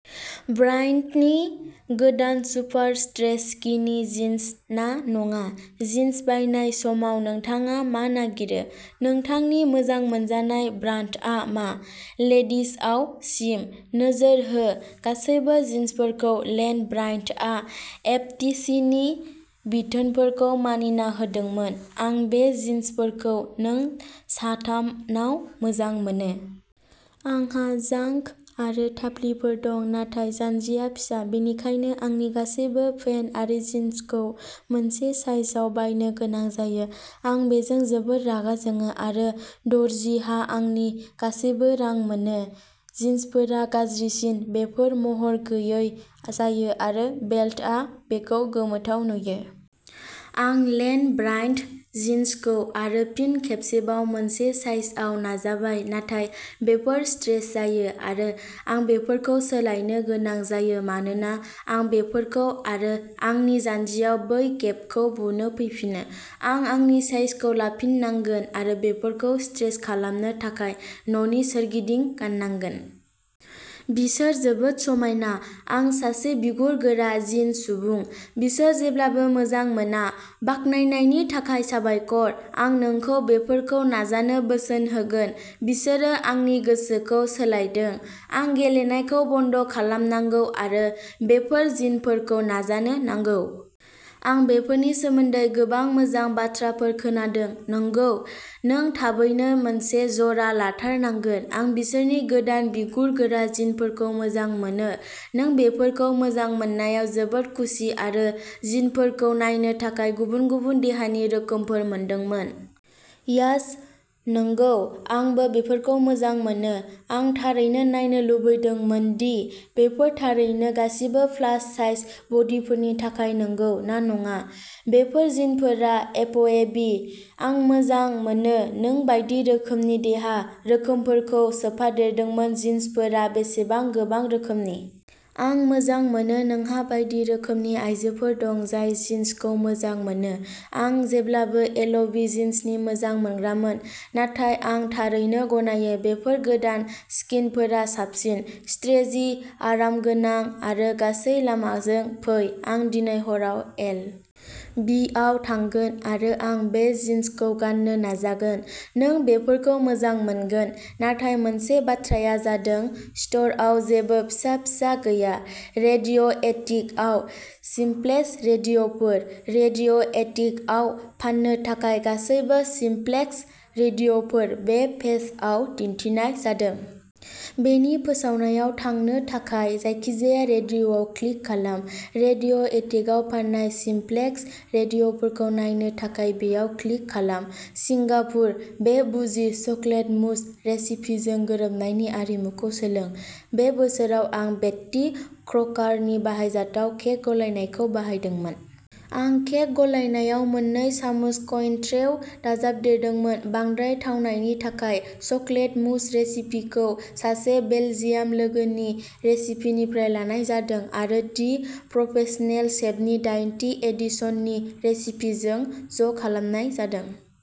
ब्रायन्टनि गोदान super stretch skinny jeans ना नङा? जिन्स बायनाय समाव नोंथाङा मा नागिरो? नोंथांनि मोजां मोनजानाय ब्रान्डआ मा? लेडिजआव चिम नोजोर हो गासैबो जिन्सफोरखौ लेन ब्रायन्टआ एफटीसीनि बिथोनफोरखौ मानिना होदोंमोन। आं बे जिन्सफोरखौ नों साथामनाव मोजां मोनो। आंहा जांघ आरो थाफ्लिफोर दं नाथाय जान्जिया फिसा, बेनिखायनो आंनि गासैबो पेन्ट आरो जिन्सखौ मोनसे साइजआव बायनो गोनां जायो। आं बेजों जोबोद रागा जोङो आरो दर्जिहा आंनि गासैबो रां मोनो। जिन्सफोरा गाज्रिसिन, बेफोर महर गैयै जायो आरो बेल्टआ बेखौ गोमोथाव नुयो। आं लेन ब्रायन्ट जिन्सखौ आरो फिन खेबसेबाव मोनसे साइजआव नाजाबाय नाथाय बेफोर स्ट्रेच जायो आरो आं बेफोरखौ सोलायनो गोनां जायो मानोना आं बेफोरखौ आरो आंनि जान्जियाव बै गेपखौ बुनो फैफिनो। आं आंनि साइजखौ लाफिननांगोन आरो बेफोरखौ स्ट्रेच खालामनो थाखाय न'नि सोरगिदिं गाननांगोन। बिसोर जोबोद समायना, आं सासे बिगुर-गोरा जिन सुबुं, बिसोर जेब्लाबो मोजां मोना। बाखनायनायनि थाखाय साबायखर। आं नोंखौ बेफोरखौ नाजानो बोसोन होगोन, बिसोरो आंनि गोसोखौ सोलायदों। आं गेलेनायखौ बन्द खालामनांगौ आरो बेफोर जिनफोरखौ नाजानो नांगौ। आं बेफोरनि सोमोन्दै गोबां मोजां बाथ्राफोर खोनादों। नंगौ। नों थाबैनो मोनसे जरा लाथारनांगोन। आं बिसोरनि गोदान बिगुर-गोरा जिनफोरखौ मोजां मोनो। नों बेफोरखौ मोजां मोननायाव जोबोद खुसि आरो जिनफोरखौ नायनो थाखाय गुबुन-गुबुन देहानि रोखोमफोर मोनदोंमोन। यास्स। नंगौ, आंबो बेफोरखौ मोजां मोनो। आं थारैनो नायनो लुबैदोंमोन दि बेफोर थारैनो गासिबो प्लास साइज बडीफोरनि थाखाय नंगौ ना नङा। बेफोर जिनफोरा एफएबि, आं मोजां मोनो नों बायदि रोखोमनि देहा रोखोमफोरखौ सोफादेरदोंमोन जिन्सफोरा बेसेबां गोबां रोखोमनि। आं मोजां मोनो नोंहा बायदि रोखोमनि आयजोफोर दं जाय जिन्सखौ मोजां मोनो। आं जेब्लाबो एलबि जिन्सनि मोजां मोनग्रामोन, नाथाय आं थारैनो गनायो, बेफोर गोदान स्किनफोरा साबसिन। स्ट्रेजि, आरामगोनां, आरो गासै लामाजों फै। आं दिनै हराव एल -- बि. आव थांगोन आरो आं बे जिन्सखौ गाननो नाजागोन। नों बेफोरखौ मोजां मोनगोन। नाथाय मोनसे बाथ्राया जादों, स्ट'रआव जेबो फिसा फिसा गैया। रेडिय'एटिकआव सिम्प्लेक्स रेडिय'फोर। रेडिय'एटिकआव फान्नो थाखाय गासैबो सिम्प्लेक्स रेडिय'फोर बे पेजआव दिन्थिनाय जादों। बेनि फोसावनायाव थांनो थाखाय जायखिजाया रेडिय'आव क्लिक खालाम। रेडिय'एटिकआव फान्नाय सिम्प्लेक्स रेडिय'फोरखौ नायनो थाखाय बेयाव क्लिक खालाम। सिंगापुर बे बुजि चकलेट मुस रेसिपिजों गोरोबनायनि आरिमुखौ सोलों। बे बोसोराव, आं बेट्टी क्रकारनि बाहायजाथाव केक गलायनायखौ बाहायदोंमोन। आं केक गलायनायाव मोननै सामुस क'इनट्रेउ दाजाबदेरदोंमोन बांद्राय थावनायनि थाखाय। चकलेट मुस रेसिपिखौ सासे बेल्जियान लोगोनि रेसिपिनिफ्राय लानाय जादों आरो दि प्रफेसनेल शेफनि दाइनथि एडिशननि रेसिपिजों ज'खालामनाय जादों।